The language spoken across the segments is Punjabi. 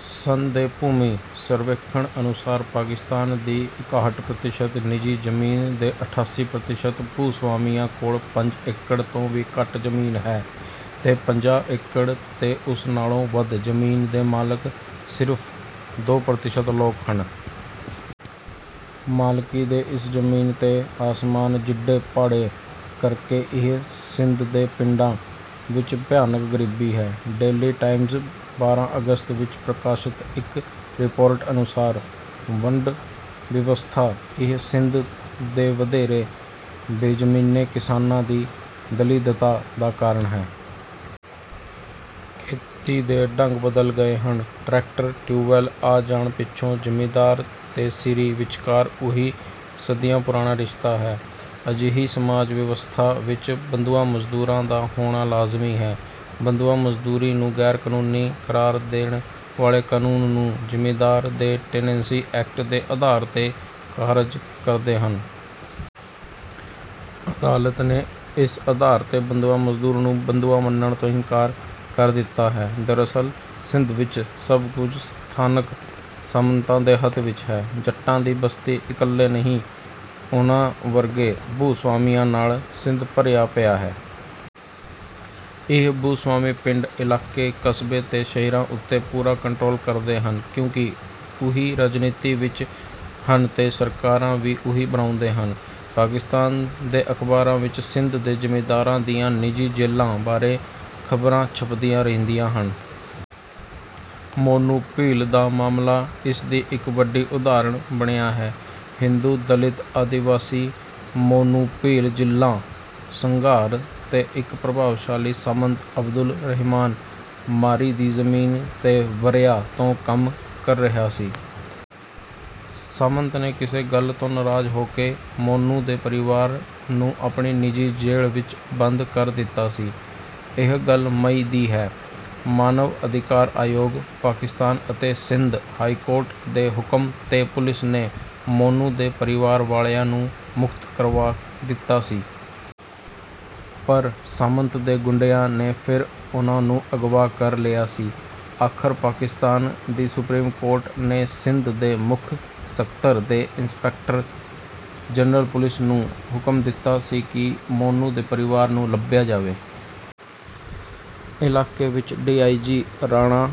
ਸਨ ਦੇ ਭੂਮੀ ਸਰਵੇਖਣ ਅਨੁਸਾਰ ਪਾਕਿਸਤਾਨ ਦੀ ਇਕਾਹਠ ਪ੍ਰਤੀਸ਼ਤ ਨਿੱਜੀ ਜ਼ਮੀਨ ਦੇ ਅਠਾਸੀ ਪ੍ਰਤੀਸ਼ਤ ਭੂ-ਸਵਾਮੀਆਂ ਕੋਲ ਪੰਜ ਏਕੜ ਤੋਂ ਵੀ ਘੱਟ ਜ਼ਮੀਨ ਹੈ। ਤੇ ਪੰਜਾਹ ਏਕੜ ਤੇ ਉਸ ਨਾਲੋਂ ਵੱਧ ਜ਼ਮੀਨ ਦੇ ਮਾਲਕ ਸਿਰਫ਼ ਦੋ ਪ੍ਰਤੀਸ਼ਤ ਲੋਕ ਹਨ। ਮਾਲਕੀ ਦੇ ਇਸ ਜ਼ਮੀਨ ਤੇ ਆਸਮਾਨ ਜਿੱਡੇ ਪਾੜੇ ਕਰਕੇ ਹੀ ਸਿੰਧ ਦੇ ਪਿੰਡਾਂ ਵਿਚ ਭਿਆਨਕ ਗ਼ਰੀਬੀ ਹੈ। ਡੇਲੀ ਟਾਈਮਸ ਬਾਰਾਂ ਅਗਸਤ ਵਿਚ ਪ੍ਰਕਾਸ਼ਤ ਇਕ ਰਿਪੋਰਟ ਅਨੁਸਾਰ, ਵੰਡ ਵਿਵਸਥਾ ਹੀ ਸਿੰਧ ਦੇ ਵਧੇਰੇ ਬੇਜ਼ਮੀਨੇ ਕਿਸਾਨਾਂ ਦੀ ਦਲਿੱਦਤਾ ਦਾ ਕਾਰਨ ਹੈ। ਖੇਤੀ ਦੇ ਢੰਗ ਬਦਲ ਗਏ ਹਨ। ਟਰੈਕਟਰ, ਟਿਊਬਵੈੱਲ ਆ ਜਾਣ ਪਿੱਛੋਂ ਜ਼ਿਮੀਂਦਾਰ ਤੇ ਸੀਰੀ ਵਿਚਕਾਰ ਉਹੀ ਸਦੀਆਂ ਪੁਰਾਣਾ ਰਿਸ਼ਤਾ ਹੈ। ਅਜਿਹੀ ਸਮਾਜ ਵਿਵਸਥਾ ਵਿਚ ਬੰਧੁਆ ਮਜ਼ਦੂਰਾਂ ਦਾ ਹੋਣਾ ਲਾਜ਼ਮੀ ਹੈ। ਬੰਧੁਆ ਮਜ਼ਦੂਰੀ ਨੂੰ ਗ਼ੈਰ-ਕਾਨੂੰਨੀ ਕਰਾਰ ਦੇਣ ਵਾਲੇ ਕਾਨੂੰਨ ਨੂੰ ਜ਼ਿਮੀਂਦਾਰ ਦੇ ਟੇਨੈਂਸੀ ਐਕਟ ਦੇ ਆਧਾਰ ’ਤੇ ਖ਼ਾਰਜ ਕਰਦੇ ਹਨ। ਅਦਾਲਤ ਨੇ ਇਸ ਆਧਾਰ ’ਤੇ ਬੰਧੁਆ ਮਜ਼ਦੂਰ ਨੂੰ ਬੰਧੁਆ ਮੰਨਣ ਤੋਂ ਇਨਕਾਰ ਕਰ ਦਿੱਤਾ ਹੈ। ਦਰਅਸਲ ਸਿੰਧ ਵਿਚ ਸਭ ਕੁਝ ਸਥਾਨਕ ਸਾਮੰਤਾਂ ਦੇ ਹੱਥ ਵਿਚ ਹੈ। ਜੱਟਾਂ ਦੀ ਬਸਤੀ ਇਕੱਲੇ ਨਹੀਂ, ਉਹਨਾਂ ਵਰਗੇ ਭੂ-ਸਵਾਮੀਆਂ ਨਾਲ ਸਿੰਧ ਭਰਿਆ ਪਿਆ ਹੈ। ਇਹ ਭੂ-ਸਵਾਮੀ ਪਿੰਡ, ਇਲਾਕੇ, ਕਸਬੇ ਤੇ ਸ਼ਹਿਰਾਂ ਉੱਤੇ ਪੂਰਾ ਕੰਟਰੋਲ ਕਰਦੇ ਹਨ, ਕਿਉਂਕਿ ਉਹੀ ਰਾਜਨੀਤੀ ਵਿਚ ਹਨ ਤੇ ਸਰਕਾਰਾਂ ਵੀ ਉਹੀ ਬਣਾਉਂਦੇ ਹਨ। ਪਾਕਿਸਤਾਨ ਦੇ ਅਖ਼ਬਾਰਾਂ ਵਿਚ ਸਿੰਧ ਦੇ ਜ਼ਿਮੀਂਦਾਰਾਂ ਦੀਆਂ ਨਿੱਜੀ ਜੇਲ੍ਹਾਂ ਬਾਰੇ ਖ਼ਬਰਾਂ ਛਪਦੀਆਂ ਰਹਿੰਦੀਆਂ ਹਨ। ਮੋਨੂ ਭੀਲ ਦਾ ਮਾਮਲਾ ਇਸ ਦੀ ਇਕ ਵੱਡੀ ਉਦਾਹਰਨ ਬਣਿਆ ਹੈ। ਹਿੰਦੂ, ਦਲਿਤ ਆਦਿਵਾਸੀ ਮੋਨੂ ਭੀਲ ਜ਼ਿਲ੍ਹਾ ਸੰਘਾਰ ਦੇ ਇਕ ਪ੍ਰਭਾਵਸ਼ਾਲੀ ਸਾਮੰਤ ਅਬਦੁਲ ਰਹਿਮਾਨ ਮਾਰੀ ਦੀ ਜ਼ਮੀਨ ’ਤੇ ਵਰ੍ਹਿਆਂ ਤੋਂ ਕੰਮ ਕਰ ਰਿਹਾ ਸੀ। ਸਾਮੰਤ ਨੇ ਕਿਸੇ ਗੱਲ ਤੋਂ ਨਾਰਾਜ਼ ਹੋ ਕੇ ਮੋਨੂ ਦੇ ਪਰਿਵਾਰ ਨੂੰ ਆਪਣੀ ਨਿੱਜੀ ਜੇਲ੍ਹ ਵਿਚ ਬੰਦ ਕਰ ਦਿੱਤਾ ਸੀ। ਇਹ ਗੱਲ ਮਈ ਦੀ ਹੈ। ਮਾਨਵ ਅਧਿਕਾਰ ਆਯੋਗ, ਪਾਕਿਸਤਾਨ ਅਤੇ ਸਿੰਧ ਹਾਈ ਕੋਰਟ ਦੇ ਹੁਕਮ ’ਤੇ ਪੁਲਿਸ ਨੇ ਮੋਨੂ ਦੇ ਪਰਿਵਾਰ ਵਾਲਿਆਂ ਨੂੰ ਮੁਕਤ ਕਰਵਾ ਦਿੱਤਾ ਸੀ। ਪਰ ਸਾਮੰਤ ਦੇ ਗੁੰਡਿਆਂ ਨੇ ਫਿਰ ਉਹਨਾਂ ਨੂੰ ਅਗਵਾ ਕਰ ਲਿਆ ਸੀ। ਆਖ਼ਰ ਪਾਕਿਸਤਾਨ ਦੀ ਸੁਪਰੀਮ ਕੋਰਟ ਨੇ ਸਿੰਧ ਦੇ ਮੁੱਖ ਸਕੱਤਰ ਤੇ ਇੰਸਪੈਕਟਰ ਜਨਰਲ ਪੁਲਿਸ ਨੂੰ ਹੁਕਮ ਦਿੱਤਾ ਸੀ ਕਿ ਮੋਨੂ ਦੇ ਪਰਿਵਾਰ ਨੂੰ ਲੱਭਿਆ ਜਾਵੇ। ਇਲਾਕੇ ਵਿਚ ਡੀ. ਆਈ. ਜੀ. ਰਾਣਾ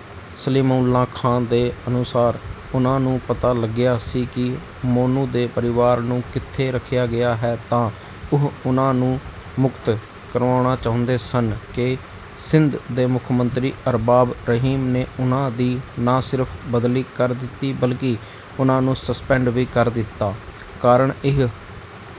ਸਲੀਮਉੱਲਾ ਖਾਂ ਦੇ ਅਨੁਸਾਰ, ਉਹਨਾਂ ਨੂੰ ਪਤਾ ਲੱਗਿਆ ਸੀ ਕਿ ਮੋਨੂ ਦੇ ਪਰਿਵਾਰ ਨੂੰ ਕਿੱਥੇ ਰੱਖਿਆ ਗਿਆ ਹੈ ਤਾਂ ਉਹ ਉਹਨਾਂ ਨੂੰ ਮੁਕਤ ਕਰਵਾਉਣਾ ਚਾਹੁੰਦੇ ਸਨ ਕਿ ਸਿੰਧ ਦੇ ਮੁੱਖ ਮੰਤਰੀ ਅਰਬਾਬ ਰਹੀਮ ਨੇ ਉਹਨਾਂ ਦੀ ਨਾ ਸਿਰਫ਼ ਬਦਲੀ ਕਰ ਦਿੱਤੀ, ਬਲਕਿ ਉਹਨਾਂ ਨੂੰ ਸਸਪੈਂਡ ਵੀ ਕਰ ਦਿੱਤਾ। ਕਾਰਨ ਇਹ...